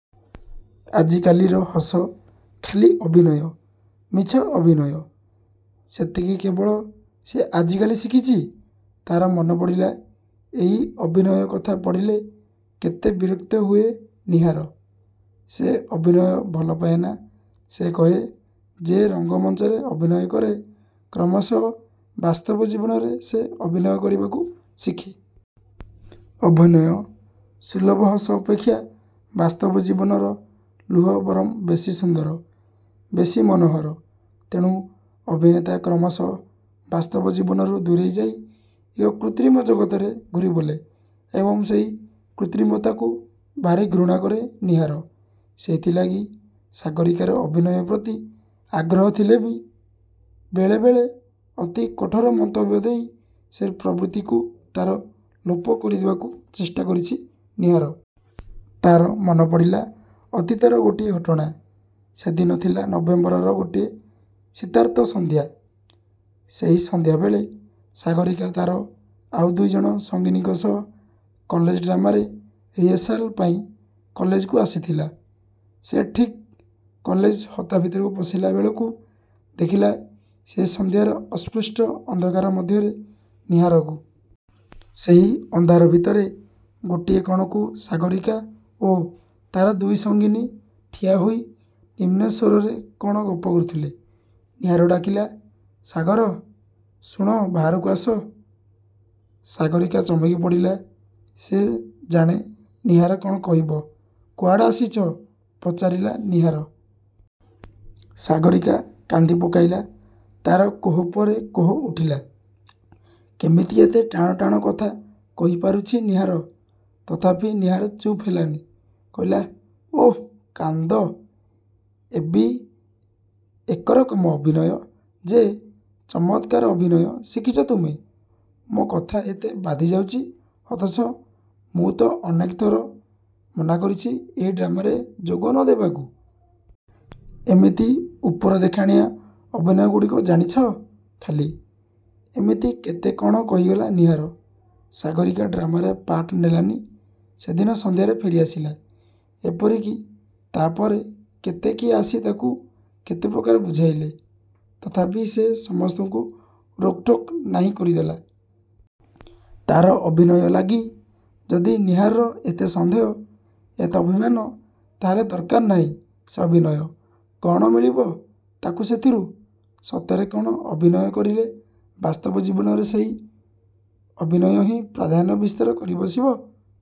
ଆଜିକାଲିର ହସ ଖାଲି ଅଭିନୟ, ମିଛ ଅଭିନୟ। ସେତିକି କେବଳ ସେ ଆଜିକାଲି ଶିଖିଛି। ତା'ର ମନେପଡ଼ିଲା ଏଇ ଅଭିନୟ କଥା ପଡ଼ିଲେ କେତେ ବିରକ୍ତ ହୁଏ ନୀହାର। ସେ ଅଭିନୟ ଭଲ ପାଏନା। ସେ କହେ-''ଯେ ରଙ୍ଗମଞ୍ଚରେ ଅଭିନୟ କରେ; କ୍ରମଶଃ ବାସ୍ତବ ଜୀବନରେ ସେ ଅଭିନୟ କରିବାକୁ ଶିଖେ। ଅଭିନୟ-ସୁଲଭ ହସ ଅପେକ୍ଷା ବାସ୍ତବ ଜୀବନର ଲୁହ ବରଂ ବେଶୀ ସୁନ୍ଦର, ବେଶୀ ମନୋହର। '' ତେଣୁ ଅଭିନେତା କ୍ରମଶଃ ବାସ୍ତବ ଜୀବନରୁ ଦୂରେଇ ଯାଇ ଏକ କୃତ୍ରିମ ଜଗତରେ ଘୂରି ବୁଲେ ଏବଂ ସେଇ କୃତ୍ରିମତାକୁ ଭାରୀ ଘୃଣା କରେ ନୀହାର। ସେଇଥି ଲାଗି ସାଗରୀକାର ଅଭିନୟ ପ୍ରତି ଆଗ୍ରହ ଥିଲେ ବି ବେଳେ ବେଳେ ଅତି କଠୋର ମନ୍ତବ୍ୟ ଦେଇ ସେଇ ପ୍ରବୃତ୍ତିକୁ ତା'ର ଲୋପ କରିଦେବାକୁ ଚେଷ୍ଟା କରିଛି ନୀହାର। ତା'ର ମନେପଡ଼ିଲା ଅତୀତର ଗୋଟିଏ ଘଟଣା। ସେଦିନ ଥିଲା ନଭେମ୍ବରର ଗୋଟିଏ ଶୀତାର୍ତ୍ତ ସନ୍ଧ୍ୟା। ସେହି ସନ୍ଧ୍ୟା ବେଳେ ସାଗରୀକା ତା'ର ଆଉ ଦୁଇଜଣ ସଙ୍ଗିନୀଙ୍କ ସହ କଲେଜ-ଡ୍ରାମାରେ ରିହର୍ସାଲ ପାଇଁ କଲେଜକୁ ଆସିଥିଲା। ସେ ଠିକ୍ କଲେଜ ହତା ଭିତରକୁ ପଶିଲା ବେଳକୁ ଦେଖିଲା ସେଇ ସନ୍ଧ୍ୟାର ଅସ୍ପଷ୍ଟ ଅନ୍ଧକାର ମଧ୍ୟରେ ନୀହାରକୁ। ସେହି ଅନ୍ଧାର ଭିତରେ ଗୋଟିଏ କଣକୁ ସାଗରୀକା ଓ ତା'ର ଦୁଇ ସଙ୍ଗିନୀ ଠିଆହୋଇ ନିମ୍ନ ସ୍ୱରରେ କ'ଣ ଗପ କରୁଥିଲେ। ନୀହାର ଡାକିଲା-''ସାଗର-ଶୁଣ ବାହାରକୁ ଆସ। '' ସାଗରୀକା ଚମକି ପଡ଼ିଲା। ସେ ଜାଣେ ନୀହାର କ'ଣ କହିବ। ''କୁଆଡ଼େ ଆସିଛ? '' ପଚାରିଲା ନୀହାର। '' ସାଗରୀକା କାନ୍ଦି ପକାଇଲା। ତା'ର କୋହ ପରେ କୋହ ଉଠିଲା। କିମିତି ଏତେ ଟାଣ ଟାଣ କଥା କହିପାରୁଛି ନୀହାର। ତଥାପି ନୀହାର ଚୁପ୍ ହେଲାନି। କହିଲା-''ଓଃ କାନ୍ଦ-ଏବି ଏକରକମ ଅଭିନୟ ଯେ। ଚମତ୍କାର ଅଭିନୟ ଶିଖିଛ ତୁମେ। ମୋ କଥା ଏତେ ବାଧିଯାଉଛି ଅଥଚ ମୁଁ ତ ଅନେକଥର ମନାକରିଛି ଏହି ଡ୍ରାମାରେ ଯୋଗ ନ ଦେବାକୁ-। ଏମିତି ଉପର ଦେଖାଣିଆ ଅଭିନୟଗୁଡ଼ିଏ ଜାଣିଛ। ଖାଲି। '' ଏମିତି କେତେ କ'ଣ କହିଗଲା ନୀହାର। ସାଗରୀକା ଡ୍ରାମାରେ ପାର୍ଟ ନେଲାନି। ସେଦିନ ସନ୍ଧ୍ୟାରେ ଫେରି ଆସିଲା। ଏପରିକି ତା'ପରେ କେତେ କିଏ ଆସି ତାକୁ କେତେପ୍ରକାର ବୁଝାଇଲେ। ତଥାପି ସେ ସମସ୍ତଙ୍କୁ ରୋକ୍ଠୋକ୍ ନାହିଁ କରିଦେଲା। ତା'ର ଅଭିନୟ ଲାଗି ଯଦି ନୀହାରର ଏତେ ସନ୍ଦେହ ଏତେ ଅଭିମାନ ତା'ହେଲେ ଦରକାର ନାହିଁ ସେ ଅଭିନୟ। କ'ଣ ମିଳିବ ତାକୁ ସେଥିରୁ। ସତରେ କ'ଣ ଅଭିନୟ କରିଲେ; ବାସ୍ତବ ଜୀବନରେ ସେଇ ଅଭିନୟହିଁ ପ୍ରାଧାନ୍ୟ ବିସ୍ତାର କରି ବସିବ।